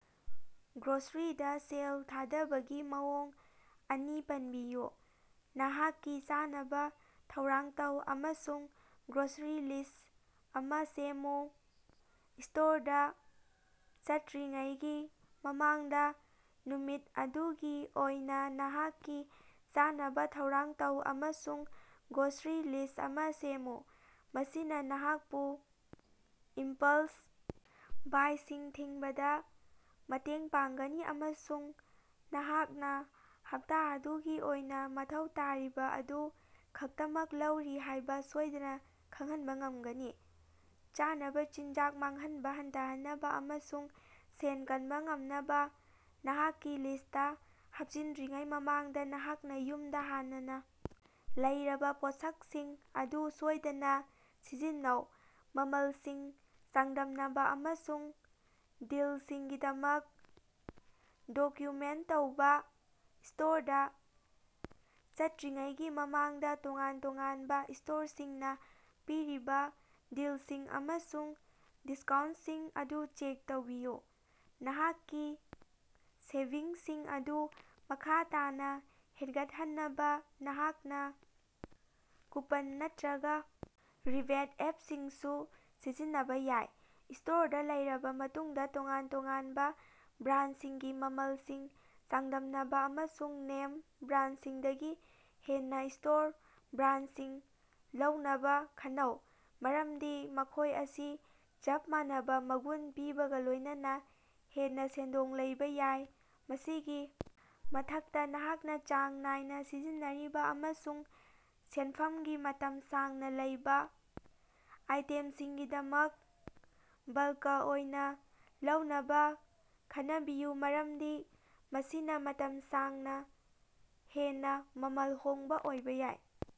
ꯒ꯭ꯔꯣꯁꯔꯤꯗ ꯁꯦꯜ ꯊꯥꯗꯕꯒꯤ ꯃꯑꯣꯡ ꯑꯅꯤ ꯄꯟꯕꯤꯌꯨ꯫ ꯅꯍꯥꯛꯀꯤ ꯆꯥꯅꯕ ꯊꯧꯔꯥꯡ ꯇꯧ ꯑꯃꯁꯨꯡ ꯒ꯭ꯔꯣꯁꯔꯤ ꯂꯤꯁ ꯑꯃ ꯁꯦꯝꯃꯨ ꯁꯇꯣꯔꯗ ꯆꯠꯇꯔꯤꯉꯩꯒꯤ ꯃꯃꯥꯡꯗ ꯅꯨꯃꯤꯠ ꯑꯗꯨꯒꯤ ꯑꯣꯏꯅ ꯅꯍꯥꯛꯀꯤ ꯆꯥꯅꯕ ꯊꯧꯔꯥꯡ ꯇꯧ ꯑꯃꯁꯨꯡ ꯒ꯭ꯔꯣꯁꯔꯤ ꯂꯤꯁ ꯑꯃ ꯁꯦꯝꯃꯨ꯫ ꯃꯁꯤꯅ ꯅꯍꯥꯛꯄꯨ ꯏꯝꯄꯜꯁ ꯕꯥꯏꯁꯤꯡ ꯊꯤꯡꯕꯗ ꯃꯇꯦꯡ ꯄꯥꯡꯒꯅꯤ ꯑꯃꯁꯨꯡ ꯅꯍꯥꯛꯅ ꯍꯞꯇꯥ ꯑꯗꯨꯒꯤ ꯑꯣꯏꯅ ꯃꯊꯧ ꯇꯥꯔꯤꯕ ꯑꯗꯨ ꯈꯛꯇꯃꯛ ꯂꯧꯔꯤ ꯍꯥꯏꯕ ꯁꯣꯏꯗꯅ ꯈꯪꯍꯟꯕ ꯉꯝꯒꯅꯤ꯫ ꯆꯥꯅꯕ ꯆꯤꯟꯖꯥꯛ ꯃꯥꯡꯍꯟꯕ ꯍꯟꯊꯍꯟꯅꯕ ꯑꯃꯁꯨꯡ ꯁꯦꯟ ꯀꯅꯕ ꯉꯝꯅꯕ ꯅꯍꯥꯛꯀꯤ ꯂꯤꯁꯇꯥ ꯍꯥꯞꯆꯤꯟꯗ꯭ꯔꯤꯉꯩ ꯃꯃꯥꯡꯗ ꯅꯍꯥꯛꯅ ꯌꯨꯝꯗ ꯍꯥꯟꯅꯅ ꯂꯩꯔꯕ ꯄꯣꯠꯁꯛꯁꯤꯡ ꯑꯗꯨ ꯁꯣꯏꯗꯅ ꯁꯤꯖꯤꯟꯅꯧ꯫ ꯃꯃꯜꯁꯤꯡ ꯆꯥꯡꯗꯝꯅꯕ ꯑꯃꯁꯨꯡ ꯗꯤꯜꯁꯤꯡꯒꯤꯗꯃꯛ ꯗꯣꯀꯌꯨꯃꯦꯟ ꯇꯧꯕ ꯁꯇꯣꯔꯗ ꯆꯠꯇꯔꯤꯉꯩꯒꯤ ꯃꯃꯥꯡꯗ ꯇꯣꯉꯥꯟ ꯇꯣꯉꯥꯟꯕ ꯁꯇꯣꯔꯁꯤꯡꯅ ꯄꯤꯔꯤꯕ ꯗꯤꯜꯁꯤꯡ ꯑꯃꯁꯨꯡ ꯗꯤꯁꯀꯥꯎꯟꯁꯤꯡ ꯑꯗꯨ ꯆꯦꯛ ꯇꯧꯕꯤꯌꯨ꯫ ꯅꯍꯥꯛꯀꯤ ꯁꯦꯚꯤꯡꯁꯤꯡ ꯑꯗꯨ ꯃꯈꯥ ꯇꯥꯅ ꯍꯦꯟꯒꯠꯍꯟꯅꯕ ꯅꯍꯥꯛꯅ ꯀꯨꯄꯟ ꯅꯠꯇ꯭ꯔꯒ ꯔꯤꯕꯦꯠ ꯑꯦꯞꯁꯤꯡꯁꯨ ꯁꯤꯖꯤꯟꯅꯕ ꯌꯥꯏ꯫ ꯁꯇꯣꯔꯗ ꯂꯩꯔꯕ ꯃꯇꯨꯡꯗ ꯇꯣꯉꯥꯟ ꯇꯣꯉꯥꯟꯕ ꯕꯔꯥꯟꯁꯤꯡꯒꯤ ꯃꯃꯜꯁꯤꯡ ꯆꯥꯡꯗꯝꯅꯕ ꯑꯃꯁꯨꯡ ꯅꯦꯝ ꯕꯔꯥꯟꯁꯤꯡꯗꯒꯤ ꯍꯦꯟꯅ ꯁꯇꯣꯔ ꯕꯔꯥꯟꯁꯤꯡ ꯂꯧꯅꯕ ꯈꯟꯅꯧ ꯃꯔꯝꯗꯤ ꯃꯈꯣꯏ ꯑꯁꯤ ꯆꯞ ꯃꯥꯟꯅꯕ ꯃꯒꯨꯟ ꯄꯤꯕꯒ ꯂꯣꯏꯅꯅ ꯍꯦꯟꯅ ꯁꯦꯟꯗꯣꯡ ꯂꯩꯕ ꯌꯥꯏ꯫ ꯃꯁꯤꯒꯤ ꯃꯊꯛꯇ ꯅꯍꯥꯛꯅ ꯆꯥꯡ ꯅꯥꯏꯅ ꯁꯤꯖꯤꯟꯅꯔꯤꯕ ꯑꯃꯁꯨꯡ ꯁꯦꯜꯐꯝꯒꯤ ꯃꯇꯝ ꯁꯥꯡꯅ ꯂꯩꯕ ꯑꯥꯏꯇꯦꯝꯁꯤꯡꯒꯤꯗꯃꯛ ꯕꯜꯀ ꯑꯣꯏꯅ ꯂꯧꯅꯕ ꯈꯟꯅꯕꯤꯌꯨ ꯃꯔꯝꯗꯤ ꯃꯁꯤꯅ ꯃꯇꯝ ꯁꯥꯡꯅ ꯍꯦꯟꯅ ꯃꯃꯜ ꯍꯣꯡꯕ ꯑꯣꯏꯕ ꯌꯥꯏ꯫